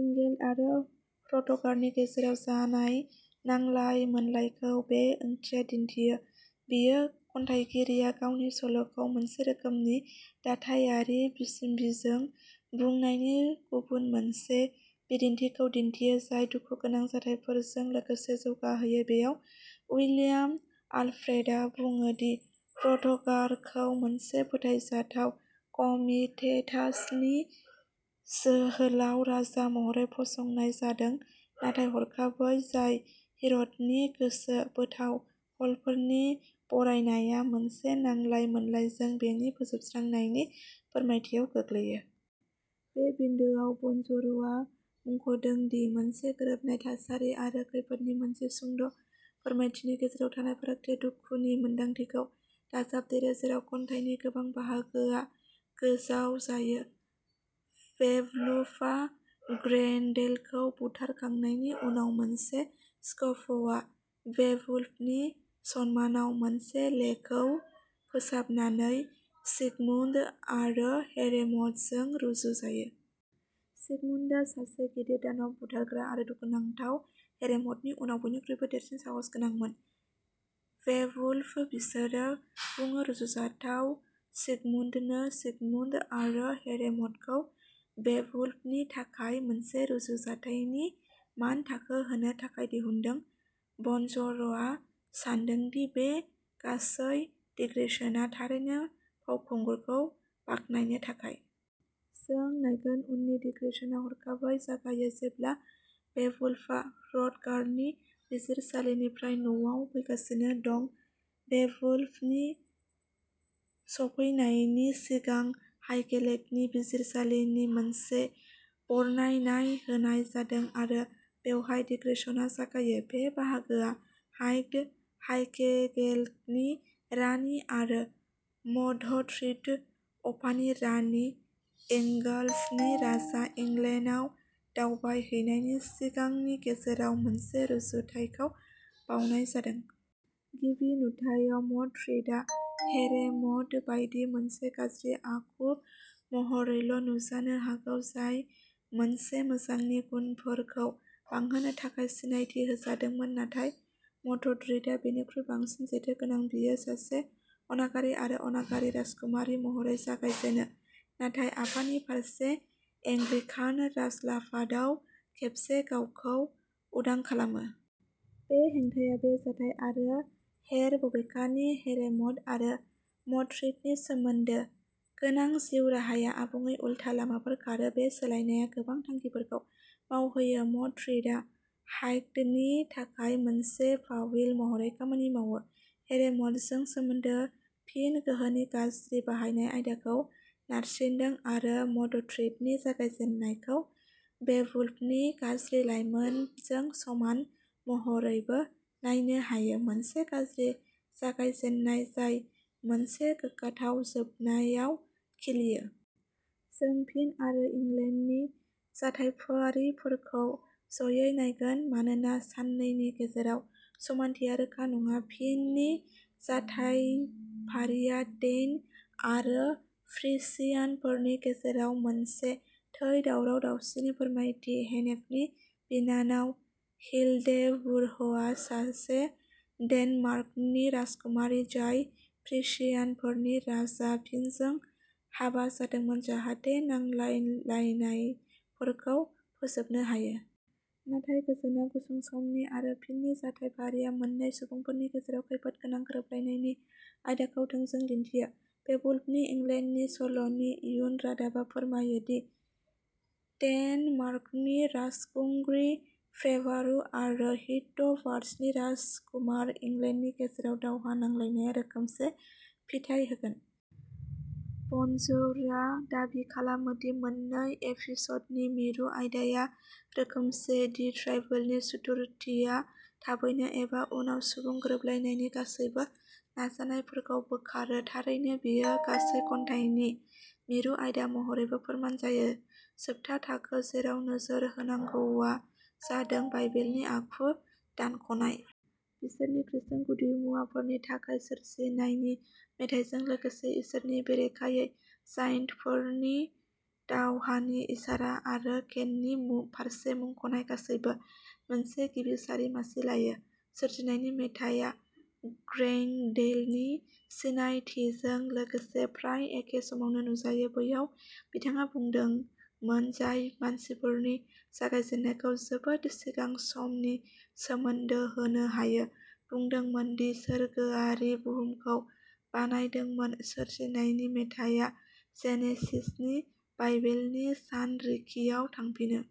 इंगेल्ड आरो ह्र'थगारनि गेजेराव जानाय नांलाय मोनलायखौ बे ओंथिआ दिन्थियो। बेयो खन्थाइगिरिया गावनि सल'खौ मोनसे रोखोमनि दाथायारि बिसम्बिजों बुंनायनि गुबुन मोनसे बिदिन्थिखौ दिन्थियो, जाय दुखुगोनां जाथायफोरजों लोगोसे जौगाहोयो। बेयाव, उइलियाम आलफ्रेडआ बुङो दि ह्र'थगारखौ मोनसे फोथायजाथाव कमिटेटासनि जोहोलाव राजा महरै फसंनाय जादों, नाथाय हरखाबै, जाय हिर'टनि गोसो बोथाव हलफोरनि बरनायनाया मोनसे नांलाय मोनलायजों बेनि फोजोबस्रांनायनि फोरमायथियाव गोग्लैयो। बे बिन्दोआव, बनज'रआ मुंख'दों दि मोनसे गोरोबनाय थासारि आरो खैफोदनि मोनसे सुंद' फोरमायथिनि गेजेराव थानाय फारागथिया दुखुनि मोनदांथिखौ दाजाबदेरो जेराव खन्थाइनि गोबां बाहागोआ गोजाव जायो। बेवुल्फआ ग्रेन्डेलखौ बुथारखांनायनि उनाव, मोनसे स्क'पआ बेवुल्फनि सन्मानाव मोनसे लेखौ फोसाबनानै सिगमुन्ड आरो हेरेम'डजों रुजुजायो। सिगमुन्डआ सासे गिदिर दानब बुथारग्रा आरो दुखुनांथाव हेरेम'डनि उनाव बयनिख्रुइबो देरसिन साहस गोनांमोन। बेवुल्फ, बिसोरो बुङो, रुजुजाथाव सिगमुन्डनो। सिगमुन्ड आरो हेरेम'डखौ बेवुल्फनि थाखाय मोनसे रुजुथायनि मानथाखो होनो थाखाय दिहुनदों। बनज'रआ सान्दों दि बे गासै दिग्रेशनआ थारैनो फावखुंगुरखौ बाख्नायनो थाखाय। जों नायगोन उननि दिग्रेशनआ हरखाबै जागायो जेब्ला बेवुल्फआ ह्र'थगारनि बिजिरसालिनिफ्राय न'आव फैगासिनो दं। बेवुल्फनि सफैनायनि सिगां हाइगेलेकनि बिजिरसालिनि मोनसे बरनायनायनाय होनाय जादों आरो बेवहाय दिग्रेशनआ जागायो। बे बाहागोआ हाइग्ड, हाइगेलेकनि रानि आरो म'धथ्रिथ, अफानि रानि, एंगल्सनि राजा, इंलेन्डआव दावबायहैनायनि सिगांनि गेजेराव मोनसे रुजुथायखौ बावनाय जादों। गिबि नुथायाव, म'धथ्रिथआ हेरेम'ड बायदि, मोनसे गाज्रि आखु महरैल' नुजानो हागौ, जाय मोनसे मोजांनि गुनफोरखौ बांहोनो थाखाय सिनायथि होजादोंमोन। नाथाय म'धथ्रिथआ बेनिख्रुइ बांसिन जेथो गोनां। बियो सासे अनागारि आरो अनागारि राजकुमारि महरै जागायजेनो, नाथाय आफानि फारसे एंग्लिकान राजउलाफादाव खेबसे गावखौ उदां खालामो। बे हेंथाया बे जाथाय आरो हेर बबेखानि, हेरेम'ड आरो मडथ्रिथनि सोमोन्दो गोनां जिउ राहाया आबुङै उल्था लामाफोर खारो। बे सोलायनाया गोबां थांखिफोरखौ मावहोयो मडथ्रिथआ हाइग्डनि थाखाय मोनसे फाविल महरै खामानि मावो, हेरेम'डजों सोमोन्दोआ फिन गोहोनि गाज्रि बाहायनाय आयदाखौ नारसिनदों आरो मडथ्रिथनि जागायजेन्नायखौ बेवुल्फनि गाज्रि लाइमोनजों समान महरैबो नायनो हायो, मोनसे गाज्रि जागायजेन्नाय जाय मोनसे गोग्गाथाव जोबनायाव खिलियो। जों फिन आरो इंगेल्डनि जाथायफारिफोरखौ ज'यै नायगोन मानोना सानैनि गेजेराव समानथिया रोखा नङा। फिननि जाथायफारिआ डेन आरो फ्रिसियानफोरनि गेजेराव मोनसे थै दावराव दावसिनि फोरमायथि। हेनेफनि बिनानाव, हिल्डेबुर्हआ सासे डेनमार्कनि राजकुमारि, जाय फ्रिशियानफोरनि राजा फिनजों हाबा जादोंमोन, जाहाथे नांलायलायनायफोरखौ फोजोबनो हायो। नाथाय, गोजोनआ गुसुं समनि आरो फिननि जाथायफारिआ मोन्नै सुबुंफोरनि गेजेराव खैफोद गोनां गोरोबलायनायनि आयदाखौ थोंजों दिन्थियो। बेवुल्फनि इंगेल्डनि सल'नि इयुन रादाबआ फोरमायो दि डेनमार्कनि राजखुंग्रि फ्रेवारू आरो हीथ'बार्ड्सनि राजकुमार इंगेल्डनि गेजेराव दावहा नांलायनाया रोखोमसे फिथाय होगोन। बनजौरआ दाबि खालामो दि मोन्नै एपिस'डनि मिरु आयदाआ रोखोमसे, दि ट्राइबेलनि सुथुरथिया थाबैनो एबा उनाव सुबुं गोरोबलायनायनि गासैबो नाजानायफोरखौ बोखारो। थारैनो, बेयो गासै खन्थाइनि मिरु आयदा महरैबो फोरमान जायो। जोबथा थाखो जेराव नोजोर होनांगौआ जादों बाइबेलनि आखुखौ दानख'नाय। बिसोरनि खृस्टान गुदिमुवाफोरनि थाखाय, सोरजिनायनि मेथाइजों लोगोसे इसोरनि बेरेखायै जायन्टफोरनि दावहानि इसारा आरो केननि फारसे मुंख'नाय गासैबो मोनसे गिबि सारि मासि लायो। सोरजिनायनि मेथाइया ग्रेंडेलनि सिनायथिजों लोगोसे प्राय एखे समावनो नुजायो, बैयाव बिथाङा बुंदोंमोन जाय मानसिफोरनि जागायजेन्नायखौ जोबोद सिगां समनि सोमोन्दो होनो हायो, बुंदोंमोन दि सोरगोआरिआ बुहुमखौ बानायदोंमोन, सोरजिनायनि मेथाइया जेनेसिसनि बाइबेलनि सानरिखियाव थांफिनो।